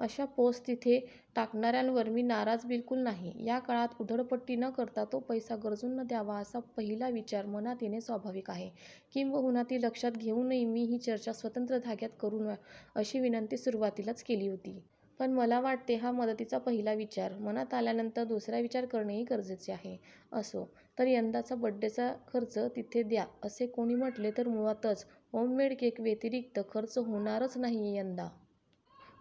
अश्या पोस्ट तिथे टाकणारयांवर मी नाराज बिलकुल नाही. या काळात उधळपट्टी न करता तो पैसा गरजूंना द्यावा असा पहिला विचार मनात येणे स्वाभाविक आहे. किंबहुना ती लक्षात घेऊनच मी ही चर्चा स्वतंत्र धाग्यात करूया अशी विनंती सुरुवातीलाच केली होती. पण मला वाटते हा मदतीचा पहिला विचार मनात आल्यानंतर दुसरा विचार करणेही गरजेचे आहे. असो, तर यंदाचा बड्डेचा खर्च तिथे द्या असे कोणी म्हणाले तर मुळातच होममेड केक व्यतीरीक्त खर्च होणारच नाहीये यंदा.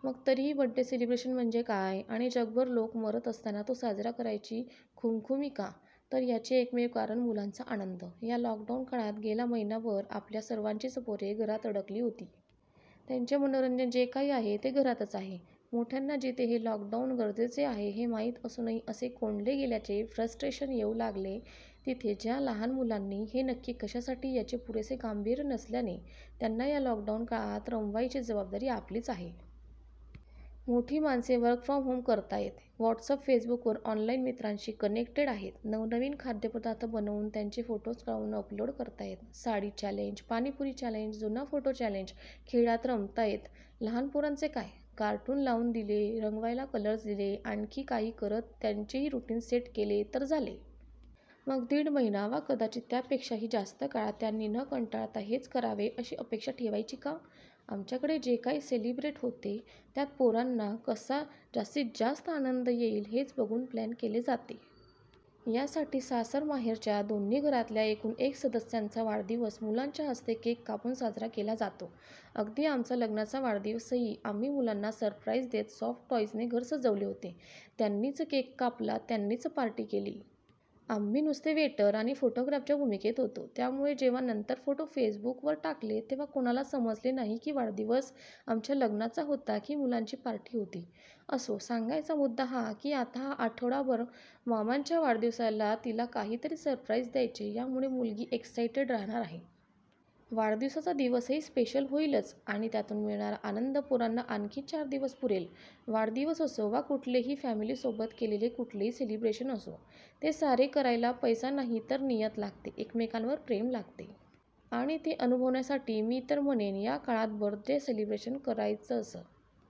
मग तरीही बड्डे सेलिब्रेशन म्हणजे काय? आणि जगभर लोकं मरत असताना तो साजरा करायची खुमखुमी का?? तर याचे एकमेव कारण मुलांचा आनंद. या लॉकडाऊन काळात गेला महिनाभर आपल्या सर्वांचीच पोरे घरात अडकली आहेत. त्यांचे मनोरंजन जे काही आहे ते घरातच आहे. मोठ्यांना जिथे हे लॉकडाऊन गरजेचे आहे हे माहीत असूनही असे कोंडले गेल्याने फ्रस्टेशन येऊ लागलेय तिथे ज्या लहान मुलांना हे नक्की कश्यासाठी याचे पुरेसे गांभीर्य नसल्याने त्यांना या लॉकडाऊन काळात रमवायची जबाबदारी आपलीच आहे. मोठी माणसे वर्क फ्रॉम करताहेत. व्हॉट्सप फेसबूकवर ऑनलाईन मित्रांशी कनेक्टेड आहेत. नवनवीन खाद्यपदार्थ बनवून त्यांचे फोटो काढून अपलोड करताहेत, साडी चॅलेंज, पाणीपुरी चॅलेंज, जुना फोटो चॅलेंज खेळात रमताहेतपण लहान पोरांचे काय?? कार्टून लाऊन दिले, रंगवायला कलर्स दिले आणखी काही करत त्यांचेही रुटीन सेट केले तर झाले? मग दिड महिना वा कदाचित त्यापेक्षाही जास्त काळ त्यांनी न कंटाळता हेच करावे अशी अपेक्षा ठेवायची का? आमच्याकडे जे काही सेलिब्रेट होते त्यात पोरांना कसा जास्तीत जास्त आनंद येईल हेच बघून प्लान केले जाते. याचसाठी सासरमाहेरच्या दोन्ही घरातल्या एकूण एक सदस्यांचा वाढदिवस मुलांच्या हस्ते केक कापून साजरा केला जातो. अगदी आमचा लग्नाचा वाढदिवसही आम्ही मुलांना सरप्राईज देत सॉफ्ट टॉईजने घर सजवले होते. त्यांनीच केक कापला त्यांनीच पार्टी केली. आम्ही नुसते वेटर आणि फोटोग्राफरच्या भुमिकेत होतो. त्यामुळे जेव्हा नंतर फोटो फेसबूलवर टाकले तेव्हा कोणाला समजले नाही की वाढदिवस आमच्य लग्नाचा होता की मुलांची पार्टी होती. असो, सांगायचा मुद्दा हा की आता हा आठवडाभर मम्माच्या वाढदिवसाला तिला काहीतरी सरप्राईज द्यायचे यामुळे मुलगी एक्सायटेड राहणार आहे. वाढदिवसाचा दिवसही स्पेशल होईलच. आणि त्यातून मिळणारा आनंद पोरांना आणखी चार दिवस पुरेल. वाढदिवस असो वा कुठलेही फॅमिलीसोबत केलेले कुठलेही सेलिब्रेशन असो, ते साजरे करायला पैसा नाही तर नियत लागते, एकमेकांवर प्रेम लागते. आणि ते अनुभवण्यासाठी मी तर म्हणेन या काळात बर्थडे सेलिब्रेशन कराजसं